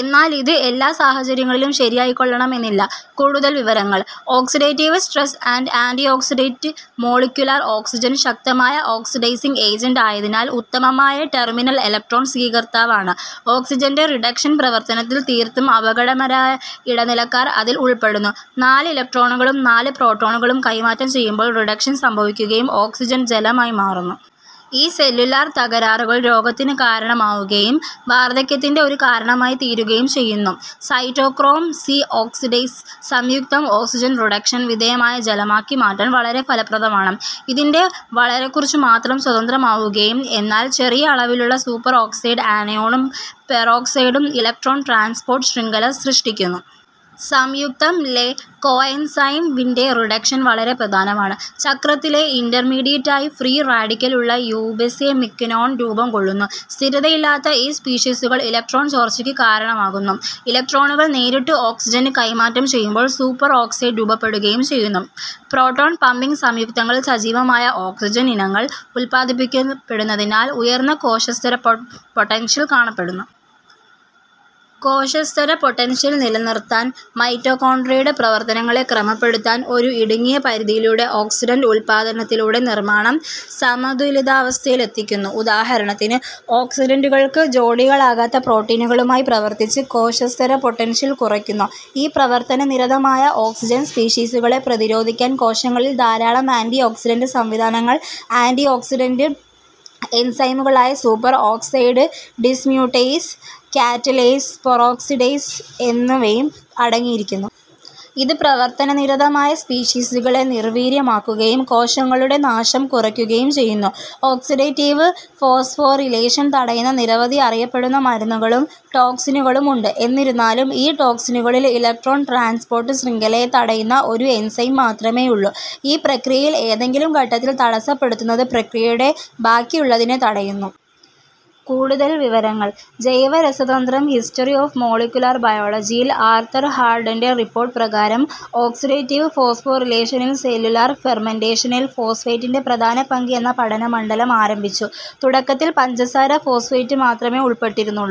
എന്നാൽ ഇത് എല്ലാ സാഹചര്യങ്ങളിലും ശരിയായിക്കൊള്ളണമെന്നില്ല. കൂടുതൽ വിവരങ്ങൾ: oxidative stress and antioxidant molecular oxygen ശക്തമായ ഓക്സിഡൈസിങ് ഏജന്റ് ആയതിനാൽ ഉത്തമമായ ടെർമിനൽ ഇലക്ട്രോൺ സ്വീകർത്താവാണ്. ഓക്സിജൻറെ റിഡക്ഷൻ പ്രവർത്തനത്തിൽ തീർത്തും അപകടകരമായ ഇടനിലക്കാർ അതിൽ ഉൾപ്പെടുന്നു. നാല് ഇലക്ട്രോണുകളും നാല് പ്രോട്ടോണുകളും കൈമാറ്റം ചെയ്യുമ്പോൾ റിഡക്ഷൻ സംഭവിക്കുകയും ഓക്സിജൻ ജലമായി മാറുന്നു. ഈ സെല്ലുലാർ തകരാറുകൾ രോഗത്തിന് കാരണമാവുകയും, വാർധക്യത്തിന്റെ ഒരു കാരണമായി തീരുകയും ചെയ്യുന്നു. സൈറ്റോക്രോം സി ഓക്സിഡേസ് സംയുക്തം ഓക്സിജൻ റിഡക്ഷന് വിധേയമായി ജലമാക്കി മാറ്റാൻ വളരെ ഫലപ്രദമാണ്. ഇതിൻറെ വളരെക്കുറച്ചു മാത്രം സ്വതന്ത്രമാകുകയും എന്നാൽ ചെറിയ അളവിലുള്ള സൂപ്പർ ഓക്സൈഡ് ആനയോണും പെറോക്സൈഡും ഇലക്ട്രോൺ ട്രാൻസ്പോർട്ട് ശൃംഖല സൃഷ്ടിക്കുന്നു. സംയുക്തം ലെ കോഎൻസൈം വിൻറെ റിഡക്ഷൻ വളരെ പ്രധാനമാണ്. ചക്രത്തിലെ ഇൻറർമീഡിയേറ്റ് ആയി ഫ്രീ റാഡിക്കലുള്ള യൂബിസെമിക്വിനോൺ രൂപംകൊള്ളുന്നു. സ്ഥിരതയില്ലാത്ത ഈ സ്പീഷീസുകൾ ഇലക്ട്രോൺ ചോർച്ചയ്ക്ക് കാരണമാകുന്നു. ഇലക്ട്രോണുകൾ നേരിട്ട് ഓക്സിജന് കൈമാറ്റം ചെയ്യുമ്പോൾ സൂപ്പർ ഓക്സൈഡ് രൂപപ്പെടുകയും ചെയ്യുന്നു. പ്രോട്ടോൺ-പമ്പിംഗ് സംയുക്തങ്ങളിൽ സജീവമായ ഓക്സിജൻ ഇനങ്ങൾ ഉത്പാദിപ്പിക്കപ്പെടുന്നതിനാൽ, ഉയർന്ന കോശസ്തര പൊട്ടൻഷ്യൽ കാണപ്പെടുന്നു. കോശസ്തര പൊട്ടൻഷ്യൽ നിലനിർത്താൻ മൈറ്റോകോൺട്രിയയുടെ പ്രവർത്തനങ്ങളെ ക്രമപ്പെടുത്താൻ ഒരു ഇടുങ്ങിയ പരിധിയിലൂടെ ഓക്സിഡൻറ് ഉത്പാദനത്തിലൂടെ നിർമ്മാണം സമതുലിതാവസ്ഥയിലെത്തിക്കുന്നു. ഉദാഹരണത്തിന്, ഓക്സിഡൻറുകൾക്ക് ജോഡികളാകാത്ത പ്രോട്ടീനുകളുമായി പ്രവർത്തിച്ച് കോശസ്തര പൊട്ടൻഷ്യൽ കുറയ്ക്കുന്നു. ഈ പ്രവർത്തനനിരതമായ ഓക്സിജൻ സ്പീഷീസുകളെ പ്രതിരോധിക്കാൻ കോശങ്ങളിൽ ധാരാളം ആന്റിഓക്സിഡന്റ് സംവിധാനങ്ങളിൽ ആൻറിഓക്സിഡന്റ് വിറ്റാമിൻനുകളായ വിറ്റാമിൻ സി, വിറ്റാമിൻ ഇ, തുടങ്ങിയവയും ആൻറിഓക്സിഡന്റ് എൻസൈമുകളായ super oxide dismutase, catalase, peroxidase എന്നിവയും അടങ്ങിയിരിക്കുന്നു. ഇത് പ്രവർത്തനനിരതമായ സ്പീഷീസുകളെ നിർവീര്യമാക്കുകയും കോശങ്ങളുടെ നാശം കുറയ്ക്കുകയും ചെയ്യുന്നു. ഓക്സിഡേറ്റീവ് ഫോസ്ഫോറിലേഷൻ തടയുന്ന നിരവധി അറിയപ്പെടുന്ന മരുന്നുകളും ടോക്സിനുകളും ഉണ്ട്. എന്നിരുന്നാലും ഈ ടോക്സിനുകളിൽ ഇലക്ട്രോൺ ട്രാൻസ്പോർട്ട് ശൃംഖലയെ തടയുന്ന ഒരു എൻസൈം മാത്രമേയുള്ളൂ. ഈ പ്രക്രിയയിൽ ഏതെങ്കിലും ഘട്ടത്തിൽ തടസ്സപ്പെടുത്തുന്നത് പ്രക്രിയയുടെ ബാക്കിയുള്ളതിനെ തടയുന്നു. കൂടുതൽ വിവരങ്ങൾ: ജൈവരസതന്ത്രം, ഹിസ്റ്ററി ഓഫ് മോളികുലർ ബയോളജി ൽ ആർതർ ഹാർഡൻറെ റിപ്പോർട്ട് പ്രകാരം ഓക്സിഡേറ്റീവ് ഫോസ്ഫോറിലേഷനിൽ സെല്ലുലാർ ഫെർമെന്റേഷനിൽ ഫോസ്ഫേറ്റിന്റെ പ്രധാന പങ്ക് എന്ന പഠനമണ്ഡലം ആരംഭിച്ചു. തുടക്കത്തിൽ പഞ്ചസാര ഫോസ്ഫേറ്റ് മാത്രമേ ഉൾപ്പെട്ടിരുന്നുള്ളൂ.